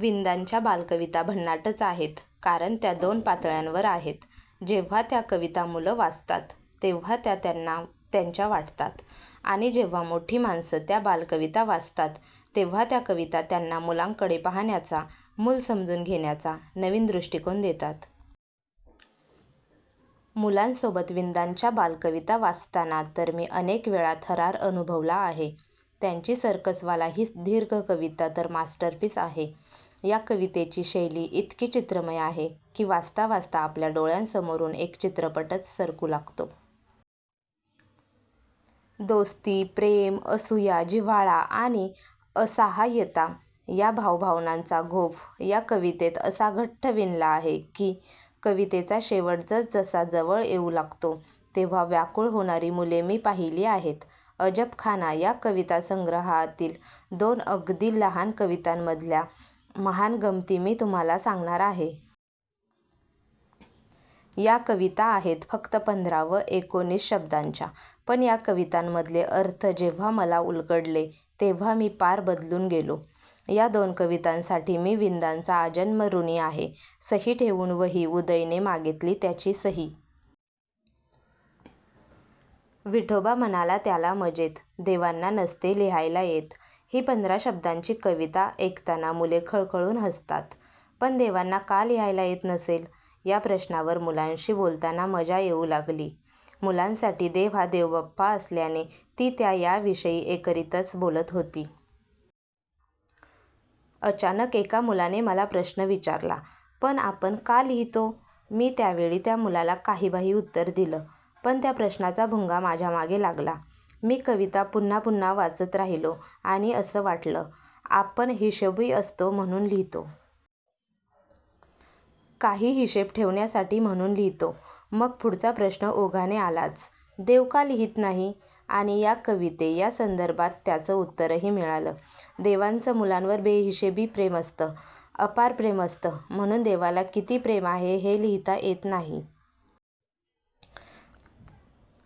विंदांच्या बालकविता भन्नाटच आहेत. कारण त्या दोन पातळ्यांवर आहेत. जेव्हा त्या कविता मुलं वाचतात तेव्हा त्या त्यांना त्यांच्या वाटतात. आणि जेव्हा मोठी माणसं त्या बालकविता वाचतात तेव्हा त्या कविता त्यांना मुलांकडे पाहण्याचा, मूल समजून घेण्याचा नवीन दृष्टिकोन देतात. मुलांसोबत विंदांच्या बालकविता वाचताना तर मी अनेकवेळा थरार अनुभवला आहे. त्यांची सर्कसवाला ही दीर्घ कविता तर मास्टरपीस आहे. या कवितेची शैली इतकी चित्रमय आहे की वाचता वाचता आपल्या डोळ्यांसमोरून एक चित्रपटच सरकू लागतो. दोस्ती, प्रेम, असूया, जिव्हाळा आणि असाहाय्यता या भावभावनांचा गोफ या कवितेत असा घट्ट विणला आहे की, कवितेचा शेवट जसजसा जवळ येऊ लागतो तेव्हा व्याकूळ होणारी मुले मी पाहिली आहेत. अजबखाना या कविता संग्रहातील दोन अगदी लहान कवितांमधल्या महान गमती मी तुम्हांला सांगणार आहे. या कविता आहेत फक्त पंधरा व एकोणीस शब्दांच्या. पण या कवितांमधले अर्थ जेव्हा मला उलगडले तेव्हा मी पार बदलून गेलो. या दोन कवितांसाठी मी विंदांचा आजन्म ऋणी आहे. सही ठेवून वही उदयने मागितली त्याची सही. विठोबा म्हणाला त्याला मजेत, देवांना नसते लिहायला येत! ही पंधरा शब्दांची कविता ऐकताना मुले खळखळून हसतात. पण देवांना का लिहायला येत नसेल? या प्रश्नावर मुलांशी बोलताना मजा येऊ लागली. मुलांसाठी देव हा देवबाप्पा असल्याने ती त्या याविषयी एकेरीतच बोलत होती. अचानक एका मुलाने मला प्रश्न विचारला, पण आपण का लिहितो? मी त्यावेळी त्या मुलाला काहीबाही उत्तर दिलं. पण त्या प्रश्नाचा भुंगा माझ्यामागे लागला. मी कविता पुन्हा पुन्हा वाचत राहिलो आणि असं वाटलं, आपण हिशेबी असतो म्हणून लिहितो. काही हिशेब ठेवण्यासाठी म्हणून लिहितो. मग पुढचा प्रश्न ओघाने आलाच. देव का लिहीत नाही? आणि या कविते या संदर्भात त्याचं उत्तरही मिळालं. देवाचं मुलांवर बेहिशेबी प्रेम असतं, अपार प्रेम असतं म्हणून देवाला किती प्रेम आहे हे लिहिता येत नाही.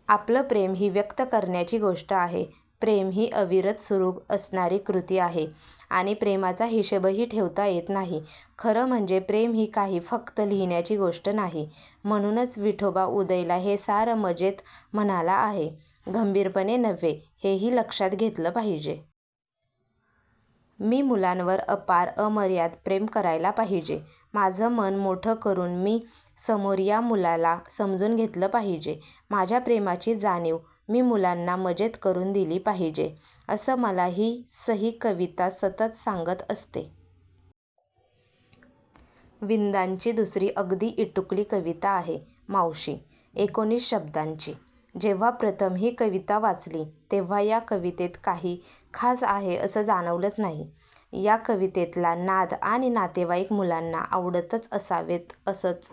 आपलं प्रेम ही व्यक्त करण्याची गोष्ट आहे, प्रेम ही अविरत सुरू असणारी कृती आहे आणि प्रेमाचा हिशेबही ठेवता येत नाही. खरं म्हणजे, प्रेम ही काही फक्त लिहिण्याची गोष्ट नाही. म्हणूनच विठोबा उदयला हे सारं मजेत म्हणाला आहे, गंभीरपणे नव्हे, हेही लक्षात घेतलं पाहिजे. मी मुलांवर अपार, अमर्याद प्रेम करायला पाहिजे. माझं मन मोठं करून मी समोर या मुलाला समजून घेतलं पाहिजे. माझ्या प्रेमाची जाणीव मी मुलांना मजेत करून दिली पाहिजे, असं मला ही सही कविता सतत सांगत असते. विंदांची दुसरी अगदी इटुकली कविता आहे, मावशी. एकोणीस शब्दांची! जेव्हा प्रथम ही कविता वाचली तेव्हा या कवितेत काही खास आहे, असं जाणवलंच नाही. या कवितेतला नाद आणि नातेवाईक मुलांना आवडत असावेत असंच